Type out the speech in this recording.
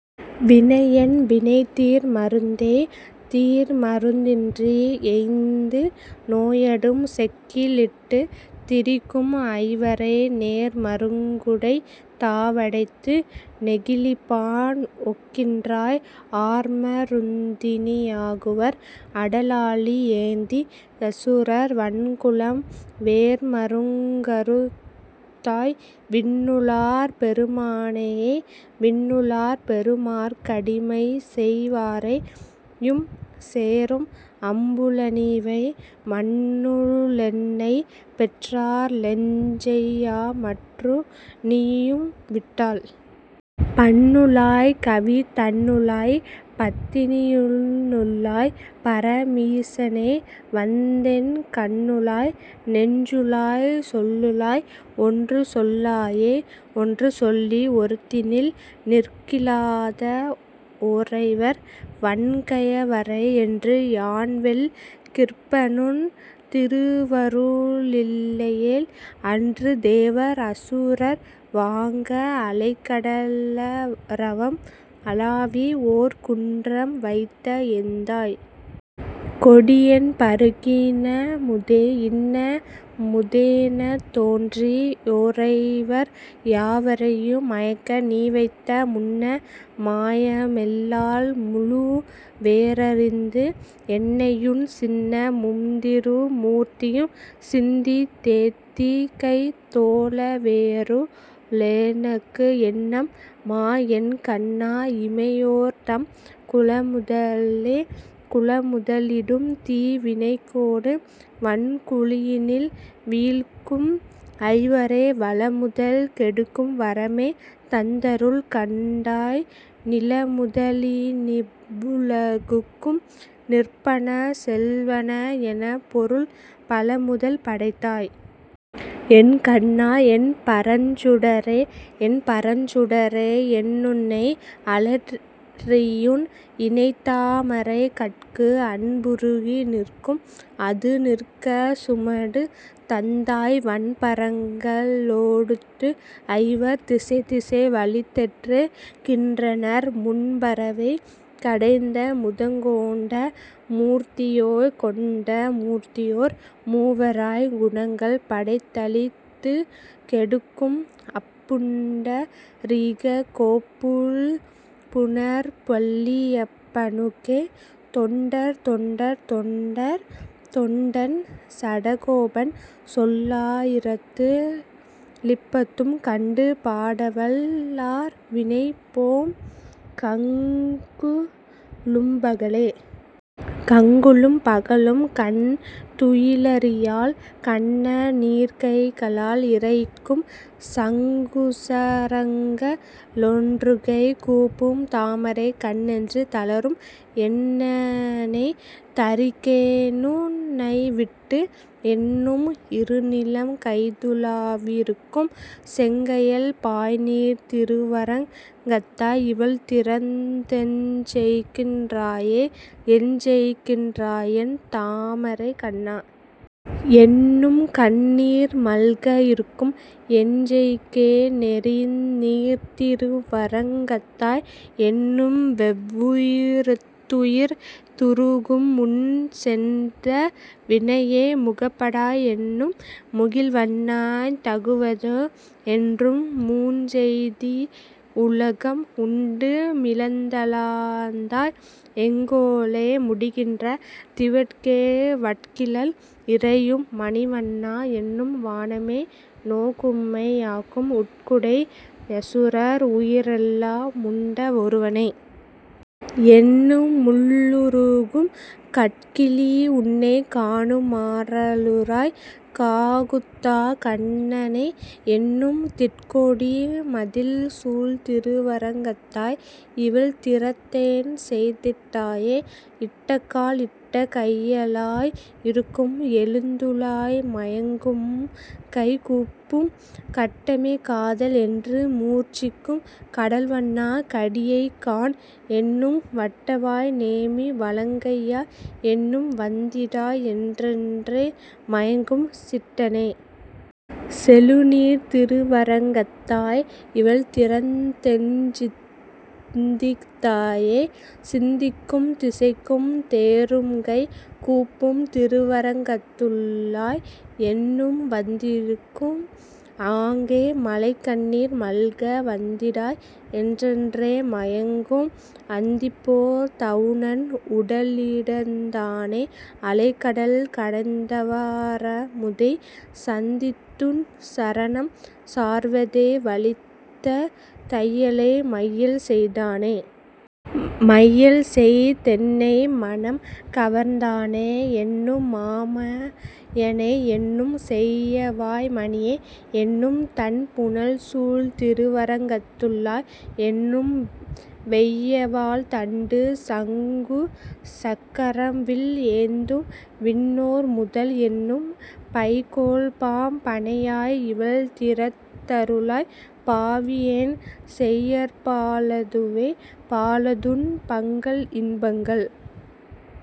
வினையேன் வினைதீர் மருந்தே..। தீர்மருந் தின்றி யைந்து நோயடும் செக்கி லிட்டுத் திரிக்கும் ஐவரை, நேர்ம ருங்குடைத் தாவடைத்து நெகிழிப்பான் ஒக்கின்றாய், ஆர்ம ருந்தினி யாகுவர்? அடலாழி யேந்தி யசுரர் வன்குலம், வேர்ம ருங்கறுத் தாய். விண்ணு ளார்பெரு மானேயே.. விண்ணு ளார்பெரு மாற்க டிமைசெய் வாரை யும்சேறும் அம்பு லனிவை, மண்ணு ளென்னைப் பெற்றா லெஞ்செய் யாமற்று நீயும்விட்டால்? பண்ணு ளாய். கவி தன்னு ளாய். பத்தினியுள் ளாய். பர மீசனே, வந்தென் கண்ணுளாய். நெஞ்சுளாய். சொல்லுளாய். ஒன்று சொல்லாயே.. ஒன்று சொல்லி ஒருத்தினில் நிற்கிலாத ஒரைவர் வன்கயவரை, என்று யான்வெல் கிற்பனுன் திருவரு ளில்லையேல்?, அன்று தேவர் அசுரர் வாங்க அலைகட லரவம் அளாவி, ஓர் குன்றம் வைத்த எந்தாய். கொடியேன் பருகின் னமுதே.. இன்ன முதேனத் தோன்றி யோரைவர் யாவரையும் மயக்க, நீவைத்த முன்ன மாயமெல் லால்முழு வேரரிந்து, என்னையுன் சின்ன மும்திரு மூர்த்தியும் சிந்தித் தேத்திக் கைதோழ வேயரு ளெனக்கு, என்னம் மா. என் கண்ணா. இமையோர்தம் குலமுதலே.. குலமுத லிடும்தீ வினைக்கொடு வன்குழியினில் வீழ்க்கும் ஐவரை வலமுதல் கெடுக்கும் வரமே தந்தருள் கண்டாய், நிலமுத லினீவ் வுலகுக்கும் நிற்பன செல்வன என, பொருள் பலமுதல் படைத்தாய். என் கண்ணா. என் பரஞ்சுடரே.. என்பரஞ் சுடரே. என்னுன்னை அலற்றியுன் இணைத்தா மரைகட்கு, அன்புருகி நிற்கும் அதுநிற்கச் சுமடு தந்தாய், வன்பரங்க ளொடுத்துஐவர் திசைதிசை வலித்தெற்று கின்றனர் முன்பரவை கடைந்தமுதங் கொண்ட மூர்த்தியோ. கொண்ட மூர்த்தியோர் மூவராய்க் குணங்கள் படைத்தளித் துக்கெடுக் கும், அப் புண்ட ரீகப்கொப் பூழ்ப்புனற் பள்ளி யப்பனுக்கே, தொண்டர் தொண்டர் தொண்டர் தொண்டன் சடகோபன் சொல்லா யிரத்து ளிப்பத்தும், கண்டு பாடவல் லார்வினை போம்கங்கு லும்பகலே. கங்குலும் பகலும் கண் துயி லறியாள் கண்ணநீர் கைகளால் இறைக்கும், சங்குசரங்க ளென்றுகை கூப்பும் தாமரைக் கண் என்று தளரும், என்னனே தரிக்கே னுன்னைவிட்டு என்னும் இருநிலம் கைதுழா விருக்கும், செங்கயல் பாய்நீர்த் திருவரங் கத்தாய். இவள்திறந் தெஞ்செய்கின் றாயே?. எஞ்செய்கின் றாயென் தாமரைக் கண்ணா. என்னும்கண் ணீர்மல்க இருக்கும், எஞ்செய்கே னெறிநீர்த் திருவரங் கத்தாய்? என்னும்வெவ் வுயிர்த்துயிர் துருகும் முன்சென்த வினையே. முகப்படாய் என்னும் முகில்வண்ணா. தகுவதோ? என்னும், முஞ்செய்திவ் வுலகம் உண்டுமிழந் தளந்தாய். எங்கொலோ முடிகின்ற திவட்கே?. வட்கிலள் இறையும் மணிவண்ணா. என்னும் வானமே நோக்கும்மை யாக்கும், உட்குடை யசுரர் உயிரெல்லா முண்ட ஒருவனே. என்னுமுள் ளுருகும், கட்கிலீ. உன்னைக் காணுமா றருளாய் காகுத்தா. கண்ணனே. என்னும், திட்கொடி மதிள்சூழ் திருவரங்கத்தாய். இவள்திறத் தென்செய்திட் டாயே?. இட்டகால் இட்ட கையளாய் இருக்கும் எழுந்துலாய் மயங்கும்கை கூப்பும், கட்டமே காதல். என்றுமூர்ச் சிக்கும் கடல்வண்ணா. கடியைகாண் என்னும், வட்டவாய் நேமி வலங்கையா. என்னும் வந்திடாய் என்றென்றே மயங்கும், சிட்டனே. செழுநீர்த் திருவரங் கத்தாய். இவள்திறத் தெஞ்சிந்தித் தாயே?. சிந்திக்கும் திசைக்கும் தேறும்கை கூப்பும் திருவரங் கத்துள்ளாய். என்னும் வந்திக்கும், ஆங்கே மழைக்கண்ணீர் மல்க வந்திடாய் என்றென்றே மயங்கும், அந்திப்போ தவுணன் உடலிடந் தானே. அலைகடல் கடைந்தவா ரமுதே, சந்தித்துன் சரணம் சார்வதே வலித்த தையலை மையில்செய் தானே.. மையல்செய் தென்னை மனம்கவர்ந் தானே. என்னும் மா மாயனே. என்னும், செய்யவாய் மணியே. என்னும் தண் புனல்சூழ் திருவரங் கத்துள்ளாய். என்னும், வெய்யவாள் தண்டு சங்குசக் கரம்வில் ஏந்தும்விண் ணோர்முதல். என்னும், பைகொள்பாம் பணையாய். இவள்திறத் தருளாய் பாவியேன் செய்யற்பா லதுவே.. பாலதுன் பங்கள் இன்பங்கள்